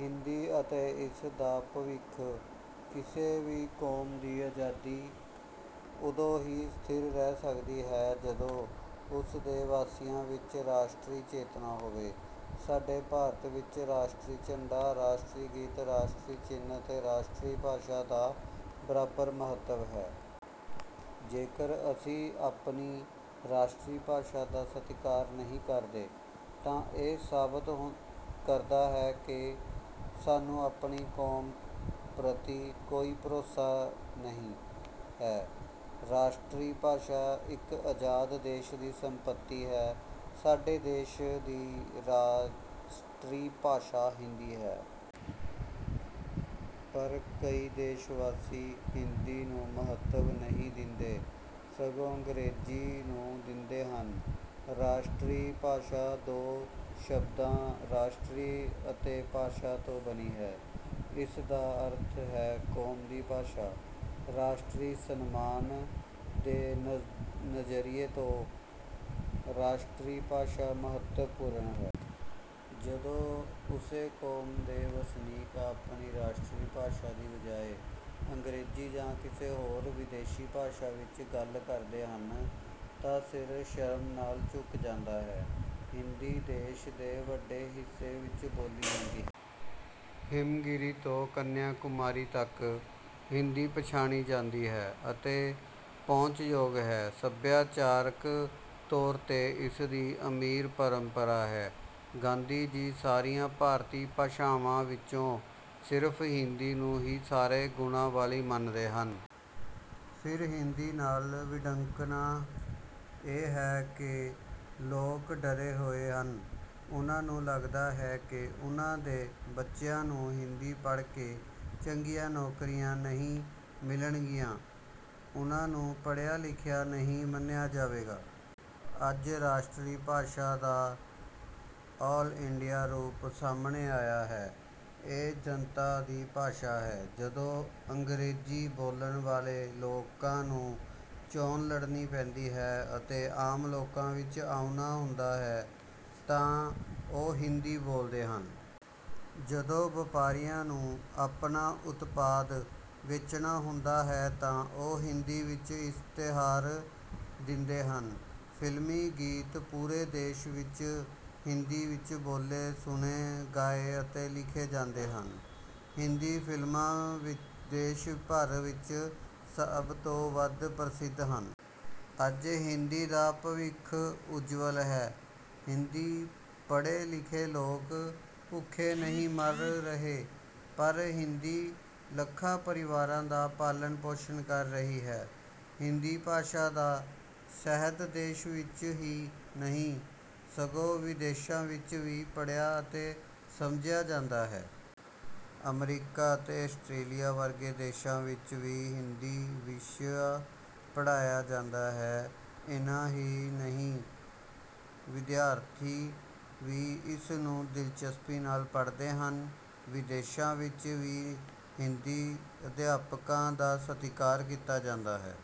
ਹਿੰਦੀ ਅਤੇ ਇਸ ਦਾ ਭਵਿੱਖ ਕਿਸੇ ਵੀ ਕੌਮ ਦੀ ਆਜ਼ਾਦੀ ਉਦੋਂ ਹੀ ਸਥਿਰ ਰਹਿ ਸਕਦੀ ਹੈ ਜਦੋਂ ਉਸ ਦੇ ਵਾਸੀਆਂ ਵਿੱਚ ਰਾਸ਼ਟਰੀ ਚੇਤਨਾ ਹੋਵੇ। ਸਾਡੇ ਭਾਰਤ ਵਿੱਚ ਰਾਸ਼ਟਰੀ ਝੰਡਾ, ਰਾਸ਼ਟਰੀ ਗੀਤ, ਰਾਸ਼ਟਰੀ ਚਿੰਨ੍ਹ ਅਤੇ ਰਾਸ਼ਟਰੀ ਭਾਸ਼ਾ ਦਾ ਬਰਾਬਰ ਮਹੱਤਵ ਹੈ। ਜੇਕਰ ਅਸੀਂ ਆਪਣੀ ਰਾਸ਼ਟਰੀ ਭਾਸ਼ਾ ਦਾ ਸਤਿਕਾਰ ਨਹੀਂ ਕਰਦੇ ਤਾਂ ਇਹ ਸਾਬਤ ਕਰਦਾ ਹੈ ਕਿ ਸਾਨੂੰ ਆਪਣੀ ਕੌਮ ਪ੍ਰਤੀ ਕੋਈ ਭਰੋਸਾ ਨਹੀਂ ਹੈ। ਰਾਸ਼ਟਰੀ ਭਾਸ਼ਾ ਇੱਕ ਆਜ਼ਾਦ ਦੇਸ਼ ਦੀ ਸੰਪਤੀ ਹੈ। ਸਾਡੇ ਦੇਸ਼ ਦੀ ਰਾਸ਼ਟਰੀ ਭਾਸ਼ਾ ਹਿੰਦੀ ਹੈ। ਪਰ ਕਈ ਦੇਸ਼ ਵਾਸੀ ਹਿੰਦੀ ਨੂੰ ਮਹੱਤਵ ਨਹੀਂ ਦਿੰਦੇ ਸਗੋਂ ਅੰਗਰੇਜ਼ੀ ਨੂੰ ਦਿੰਦੇ ਹਨ। ਰਾਸ਼ਟਰੀ ਭਾਸ਼ਾ ਦੋ ਸ਼ਬਦਾਂ, ਰਾਸ਼ਟਰ ਅਤੇ ਭਾਸ਼ਾ ਤੋਂ ਬਣੀ ਹੈ। ਇਸ ਦਾ ਅਰਥ ਹੈ ਕੌਮ ਦੀ ਭਾਸ਼ਾ। ਰਾਸ਼ਟਰੀ ਸਨਮਾਨ ਦੇ ਨਜ਼ਰੀਏ ਤੋਂ ਰਾਸ਼ਟਰੀ ਭਾਸ਼ਾ ਮਹੱਤਵਪੂਰਨ ਹੈ। ਜਦੋਂ ਉਸੇ ਕੌਮ ਦੇ ਵਸਨੀਕ ਆਪਣੀ ਰਾਸ਼ਟਰੀ ਭਾਸ਼ਾ ਦੀ ਬਜਾਏ ਅੰਗਰੇਜ਼ੀ ਜਾਂ ਕਿਸੇ ਹੋਰ ਵਿਦੇਸ਼ੀ ਭਾਸ਼ਾ ਵਿੱਚ ਗੱਲ ਕਰਦੇ ਹਨ ਤਾਂ ਸਿਰ ਸ਼ਰਮ ਨਾਲ ਝੁਕ ਜਾਂਦਾ ਹੈ। ਹਿੰਦੀ ਦੇਸ਼ ਦੇ ਵੱਡੇ ਹਿੱਸੇ ਵਿੱਚ ਬੋਲੀ ਜਾਂਦੀ ਹੈ। ਹਿਮਗਿਰੀ ਤੋਂ ਕੰਨਿਆਕੁਮਾਰੀ ਤੱਕ ਹਿੰਦੀ ਪਛਾਣੀ ਜਾਂਦੀ ਹੈ ਅਤੇ ਪਹੁੰਚਯੋਗ ਹੈ। ਸੱਭਿਆਚਾਰਕ ਤੌਰ 'ਤੇ ਇਸਦੀ ਅਮੀਰ ਪਰੰਪਰਾ ਹੈ। ਗਾਂਧੀ ਜੀ ਸਾਰੀਆਂ ਭਾਰਤੀ ਭਾਸ਼ਾਵਾਂ ਵਿੱਚੋਂ ਸਿਰਫ਼ ਹਿੰਦੀ ਨੂੰ ਹੀ ਸਾਰੇ ਗੁਣਾਂ ਵਾਲੀ ਮੰਨਦੇ ਸਨ। ਫਿਰ ਹਿੰਦੀ ਨਾਲ ਵਿਡੰਬਨਾ ਇਹ ਹੈ ਕਿ ਲੋਕ ਡਰੇ ਹੋਏ ਹਨ। ਉਨ੍ਹਾਂ ਨੂੰ ਲੱਗਦਾ ਹੈ ਕਿ ਉਨ੍ਹਾਂ ਦੇ ਬੱਚਿਆਂ ਨੂੰ ਹਿੰਦੀ ਪੜ੍ਹ ਕੇ ਚੰਗੀਆਂ ਨੌਕਰੀਆਂ ਨਹੀਂ ਮਿਲਣਗੀਆਂ। ਉਨ੍ਹਾਂ ਨੂੰ ਪੜ੍ਹਿਆ ਲਿਖਿਆ ਨਹੀਂ ਮੰਨਿਆ ਜਾਵੇਗਾ। ਅੱਜ ਰਾਸ਼ਟਰੀ ਭਾਸ਼ਾ ਦਾ ਆਲ ਇੰਡੀਆ ਰੂਪ ਸਾਹਮਣੇ ਆਇਆ ਹੈ, ਇਹ ਜਨਤਾ ਦੀ ਭਾਸ਼ਾ ਹੈ। ਜਦੋਂ ਅੰਗਰੇਜ਼ੀ ਬੋਲਣ ਵਾਲੇ ਲੋਕਾਂ ਨੂੰ ਚੋਣ ਲੜਨੀ ਪੈਂਦੀ ਹੈ ਅਤੇ ਆਮ ਲੋਕਾਂ ਵਿੱਚ ਆਉਣਾ ਹੁੰਦਾ ਹੈ ਤਾਂ ਉਹ ਹਿੰਦੀ ਬੋਲਦੇ ਹਨ। ਜਦੋਂ ਵਪਾਰੀਆਂ ਨੂੰ ਆਪਣਾ ਉਤਪਾਦ ਵੇਚਣਾ ਹੁੰਦਾ ਹੈ ਤਾਂ ਉਹ ਹਿੰਦੀ ਵਿੱਚ ਇਸ਼ਤਿਹਾਰ ਦਿੰਦੇ ਹਨ। ਫਿਲਮੀ ਗੀਤ ਪੂਰੇ ਦੇਸ਼ ਵਿੱਚ ਹਿੰਦੀ ਵਿੱਚ ਬੋਲੇ, ਸੁਣੇ, ਗਾਏ ਅਤੇ ਲਿਖੇ ਜਾਂਦੇ ਹਨ। ਹਿੰਦੀ ਫਿਲਮਾਂ ਦੇਸ਼ ਭਰ ਵਿੱਚ ਸਭ ਤੋਂ ਵੱਧ ਪ੍ਰਸਿੱਧ ਹਨ। ਅੱਜ ਹਿੰਦੀ ਦਾ ਭਵਿੱਖ ਉੱਜਵਲ ਹੈ। ਹਿੰਦੀ ਪੜ੍ਹੇ-ਲਿਖੇ ਲੋਕ ਭੁੱਖੇ ਨਹੀਂ ਮਰ ਰਹੇ ਪਰ ਹਿੰਦੀ ਲੱਖਾਂ ਪਰਿਵਾਰਾਂ ਦਾ ਪਾਲਣ ਪੋਸ਼ਣ ਕਰ ਰਹੀ ਹੈ। ਹਿੰਦੀ ਭਾਸ਼ਾ ਦਾ ਸਾਹਿਤ ਦੇਸ਼ ਵਿੱਚ ਹੀ ਨਹੀਂ ਸਗੋਂ ਵਿਦੇਸ਼ਾਂ ਵਿੱਚ ਵੀ ਪੜ੍ਹਿਆ ਅਤੇ ਸਮਝਿਆ ਜਾਂਦਾ ਹੈ। ਅਮਰੀਕਾ ਅਤੇ ਆਸਟ੍ਰੇਲੀਆ ਵਰਗੇ ਦੇਸ਼ਾਂ ਵਿੱਚ ਵੀ ਹਿੰਦੀ ਵਿਸ਼ਾ ਪੜ੍ਹਾਇਆ ਜਾਂਦਾ ਹੈ। ਇੰਨਾ ਹੀ ਨਹੀਂ ਵਿਦਿਆਰਥੀ ਵੀ ਇਸ ਨੂੰ ਦਿਲਚਸਪੀ ਨਾਲ ਪੜ੍ਹਦੇ ਹਨ। ਵਿਦੇਸ਼ਾਂ ਵਿੱਚ ਵੀ ਹਿੰਦੀ ਅਧਿਆਪਕਾਂ ਦਾ ਸਤਿਕਾਰ ਕੀਤਾ ਜਾਂਦਾ ਹੈ।